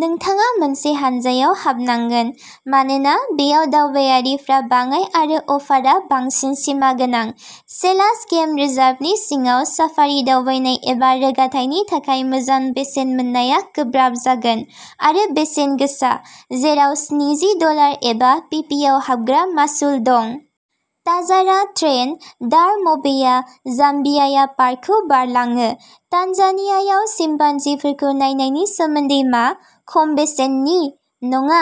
नोंथाङा मोनसे हान्जायाव हाबनांगोन, मानोना बेयाव दावबायारिफ्रा बाङाय आरो अफारआ बांसिन सिमागोनां, सेलास गेम रिजार्भनि सिङाव साफारि दावबायनाय एबा रोगाथायनि थाखाय मोजां बेसेन मोननाया गोब्राब जागोन आरो बेसेन गोसा, जेराव स्निजि डलार एबा पिपिआव हाबग्रा मासुल दं। ताजारा ट्रेन दार-मबेया-जाम्बियाया पार्कखौ बारलाङो। तान्जानियायाव चिम्पान्जिफोरखौ नायनायनि सोमोन्दै मा? खम बेसेननि? नङा,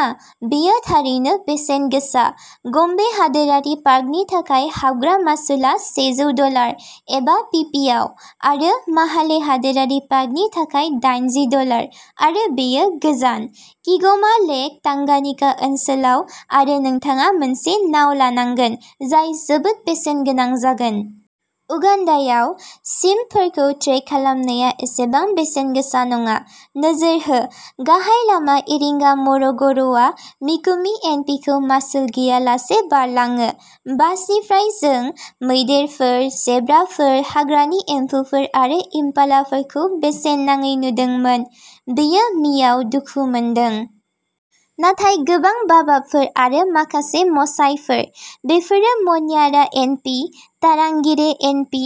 बेयो थारैनो बेसेन गोसा। गम्बे हादोरारि पार्कनि थाखाय हाबग्रा मासुलआ सेजौ डलार/पिपिआव आरो माहाले हादोरारि पार्कनि थाखाय दाइनजि डलार आरो बेयो गोजान, किग'मा-लेक टांगानिका ओनसोलाव आरो नोंथाङा मोनसे नाव लानांगोन जाय जोबोद बेसेन गोनां जागोन। उगान्डायाव, चिम्पफोरखौ ट्रेक खालामनाया एसेबां बेसेन गोसा नङा। नोजोर होः गाहाय लामा इरिंगा-मर'गर'आ मिकुमि एनपिखौ मासुल गैयालासे बारलाङो। बासनिफ्राय, जों मैदेरफोर, जेब्राफोर, हाग्रानि एम्फौफोर आरो इम्पालाफोरखौ बेसेन नाङै नुदोंमोन बेयो मि आव दुखु मोनदों! नाथाय गोबां बाबाबफोर आरो माखासे मसाइफोर! बेफोरो Manyara N P, Tarangire N P,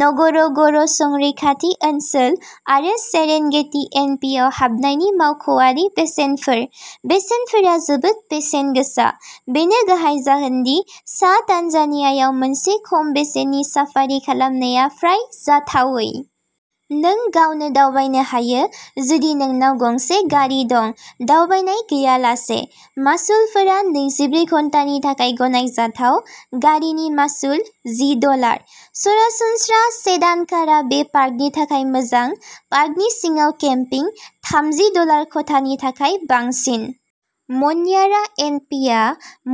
Ngorongoro' संरैखाथि ओनसोल आरो सेरेनगेटि एन पि आव हाबनायनि मावख'आरि बेसेनफोर। बेसेनफोरा जोबोद बेसेन गोसा, बेनो गाहाय जाहोन दि सा तान्जानियायाव मोनसे खम बेसेननि साफारि खालामनाया फ्राय जाथावै। नों गावनो दावबायनो हायो, जुदि नोंनाव गंसे गारि दं, दावबायनाय गैयालासे। मासुलफोरा नैजिब्रै घन्टानि थाखाय गनायजाथाव। गारिनि मासुलः जि डलार। सरासनस्रा सेडान कारआ बे पार्कनि थाखाय मोजां। पार्कनि सिङाव केम्पिंः थामजि डलार खथानि थाखाय बांसिन। मन्यारा एन पि आ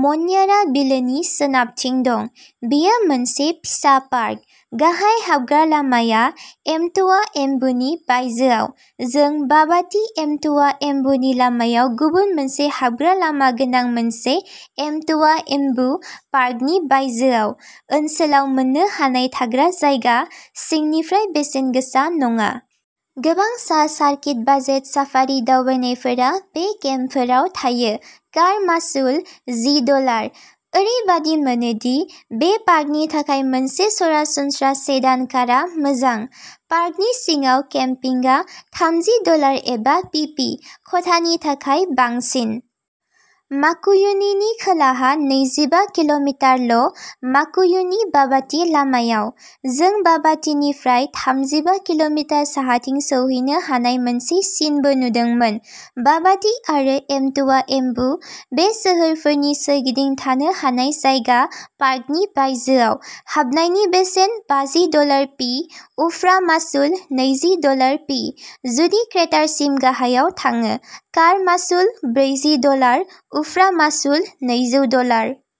मन्यारा बिलोनि सोनाबथिं दं, बेयो मोनसे फिसा पार्क। गाहाय हाबग्रा लामाआ एम्ट'वा म्बुनि बायजोआव। जों बाबाति-एम्ट'वा म्बुनि लामायाव गुबुन मोनसे हाबग्रा लामा गोनां मोनसे एमट'वा म्बुः पार्कनि बायजोआव, ओनसोलाव मोननो हानाय थाग्रा जायगा, सिंनिफ्राय बेसेन गोसा नङा। गोबां सा सार्किट बाजेट साफारि दावबायनायफोरा बे केम्पफोराव थायो। कार मासुलः जि डलार। ओरैबायदि मोनो दि बे पार्कनि थाखाय मोनसे सरासनस्रा सेडान कारआ मोजां। पार्कनि सिङाव केम्पिंगआ थामजि डलार/पि पि। खथानि थाखाय बांसिन। माकुयुनिनि खोलाहा नैजिबा किल'मिटारल', माकुयुनि-बाबाति लामायाव। जों बाबातिनिफ्राय थामजिबा किल'मिटार साहाथिं सौहैनो हानाय मोनसे सिनबो नुदोंमोन। बाबाति आरो एमट'वा एम्बुः बे सोहोरफोरनि सोरगिदिं थानो हानाय जायगा, पार्कनि बायजोआव। हाबनायनि बेसेनः बाजि डलार पि उफ्रा मासुलः नैजि डलार पि जुदि क्रेटारसिम गाहायाव थाङो। कार मासुलः ब्रैजि डलार। उफ्रा मासुलः नैजौ डलार।